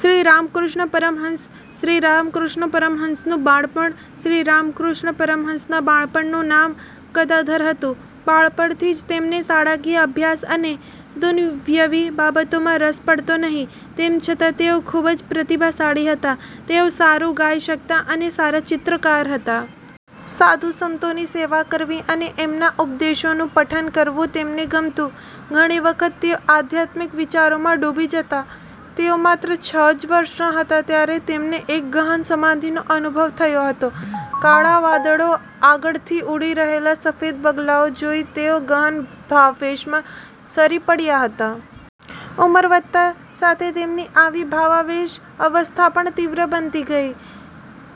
શ્રીરામકૃષ્ણ પરમહંસ શ્રીરામકૃષ્ણ પરમહંસનું બાળપણ શ્રીરામકૃષ્ણ પરમહંસના બાળપણનું નામ ગદાધર હતું. બાળપણથી જ તેમને શાળાકીય અભ્યાસ અને દુન્યવી બાબતોમાં રસ પડતો નહિ. તેમ છતાં તેઓ ખુબ જ પ્રતિભાશાળી હતા. તેઓ સારું ગાઈ શકતા અને સારા ચિત્રકાર હતા. સાધુ સંતોની સેવા કરવી અને એમના ઉપદેશોનું પઠન કરવું તેમને ગમતું. ઘણી વખત તેઓ આધ્યાત્મિક વિચારોમાં ડૂબી જતા. તેઓ માત્ર છ જ વર્ષના હતા ત્યારે તેમને એક ગહન સમાધિનો અનુભવ થયો હતો. કાળા વાદળો આગળથી ઊડી રહેલા સફેદ બગલાઓ જોઈને તેઓ ગહન ભાવાવેશમાં સરી પડયા હતા. ઉંમર વધતા સાથે તેમની આવી ભાવાવેશ અવસ્થા પણ તીવ્ર બનતી ગઈ.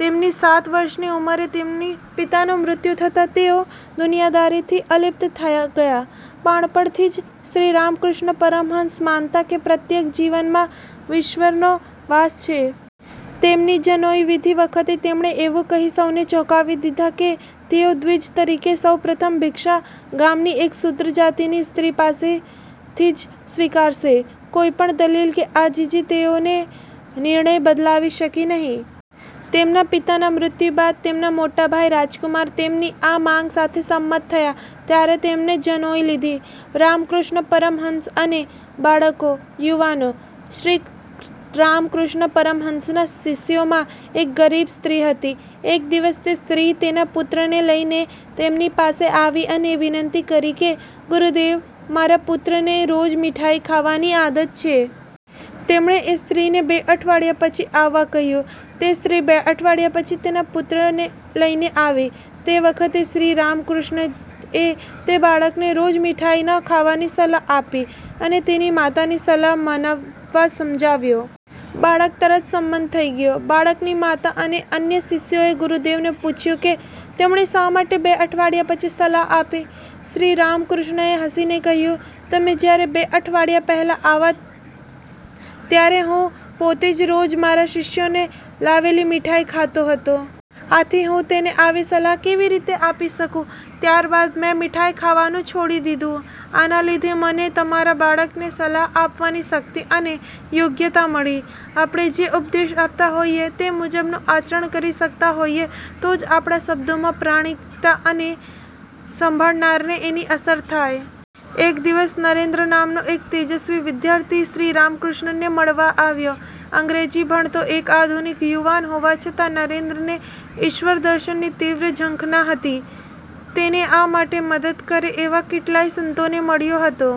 તેમની સાત વર્ષની ઉંમરે તેમના પિતાનું મૃત્યુ થતાં તેઓ દુનિયાદારીથી અલિપ્ત થતા ગયા. બાળપણથી જ શ્રીરામકૃષ્ણ પરમહંસ માનતા કે પ્રત્યેક જીવમાં ઈશ્વરનો વાસ છે. તેમની જનોઈ વિધિ વખતે તેમણે એવું કહી સૌને ચોંકાવી દીધા કે તેઓ દ્વિજ તરીકેની સૌપ્રથમ ભિક્ષા ગામની એક શૂદ્ર જાતિની સ્ત્રી પાસેથી જ સ્વીકારશે. કોઈ પણ દલીલ કે આજીજી તેમનો નિર્ણય બદલાવી શકી નહિ. તેમના પિતાના મૃત્યુ બાદ તેમના મોટાભાઈ રામકુમાર તેમની આ માંગ સાથે સંમત થયા ત્યારે તેમણે જનોઈ લીધી. શ્રીરામકૃષ્ણ પરમહંસ અને બાળકો / યુવાનો શ્રીરામકૃષ્ણ પરમહંસના શિષ્યોમાં એક ગરીબ સ્ત્રી હતી. એક દિવસ તે સ્ત્રી તેના પુત્રને લઇને તેમની પાસે આવી અને વિનંતી કરી કે, "ગુરુદેવ, મારા પુત્રને રોજ મીઠાઈ ખાવાની આદત છે. તેમણે એ સ્ત્રીને બે અઠવાડિયા પછી આવવા કહ્યું. તે સ્ત્રી બે અઠવાડિયા પછી તેના પુત્રને લઇને આવી. તે વખતે શ્રીરામકૃષ્ણએ તે બાળકને રોજ મીઠાઈ ન ખાવાની સલાહ આપી અને તેની માતાની સલાહ માનવા સમજાવ્યો. બાળક તરત સંમત થઇ ગયો. બાળકની માતા અને અન્ય શિષ્યોએ ગુરુદેવને પૂછ્યું કે તેમણે શા માટે બે અઠવાડિયા પછી સલાહ આપી? શ્રીરામકૃષ્ણએ હસીને કહ્યું, "તમે જયારે બે અઠવાડિયા પહેલાં આવ્યા ત્યારે હું પોતે જ રોજ મારા શિષ્યોએ લાવેલી મીઠાઈ ખાતો હતો. આથી હું તેને આવી સલાહ કેવી રીતે આપી શકું? ત્યાર બાદ મેં મીઠાઈ ખાવાનું છોડી દીધું. આના લીધે મને તમારા બાળકને સલાહ આપવાની શક્તિ અને યોગ્યતા મળી. આપણે જે ઉપદેશ આપતા હોઈએ તે મુજબનું આચરણ કરી શકતા હોઈએ તો જ આપણા શબ્દોમાં પ્રામાણિકતા આવે અને સાંભળનારને એની અસર થાય". એક દિવસ નરેન્દ્ર નામનો એક તેજસ્વી વિદ્યાર્થી શ્રીરામકૃષ્ણને મળવા આવ્યો. અંગ્રેજી ભણતો એક આધુનિક યુવાન હોવા છતાં નરેન્દ્રને ઈશ્વરદર્શનની તીવ્ર ઝંખના હતી. તેને આ માટે મદદ કરે એવા કેટલાય સંતોને તે મળ્યો હતો.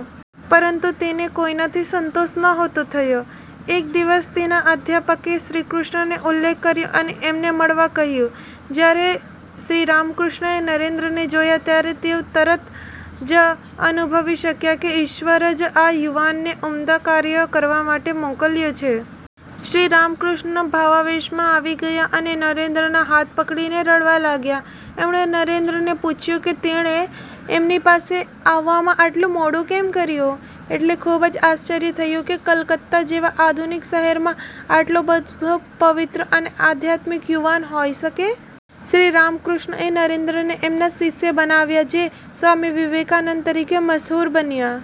પરંતુ તેને કોઈનાથી સંતોષ નહોતો થયો. એક દિવસ તેના અધ્યાપકે શ્રીરામકૃષ્ણનો ઉલ્લેખ કર્યો અને એમને મળવા કહ્યું. જયારે શ્રીરામકૃષ્ણએ નરેન્દ્રને જોયા ત્યારે તેઓ તરત જ અનુભવી શક્યા કે ઈશ્વરે જ આ યુવાનને ઉમદા કાર્યો કરવા માટે મોકલ્યો છે. શ્રીરામકૃષ્ણ ભાવાવેશમાં આવી ગયા અને નરેન્દ્રના હાથ પકડીને રડવા લાગ્યા. એમણે નરેન્દ્રને પૂછ્યું કે તેણે એમની પાસે આવવામાં આટલું મોડું કેમ કર્યું? એમને ખુબ જ આશ્ચર્ય થયું કે કલકત્તા જેવા આધુનિક શહેરમાં આટલો બધો પવિત્ર અને આધ્યાત્મિક યુવાન હોઈ શકે? શ્રીરામકૃષ્ણએ નરેન્દ્રને એમના શિષ્ય બનાવ્યા જે સ્વામી વિવેકાનંદ તરીકે મશહૂર બન્યા!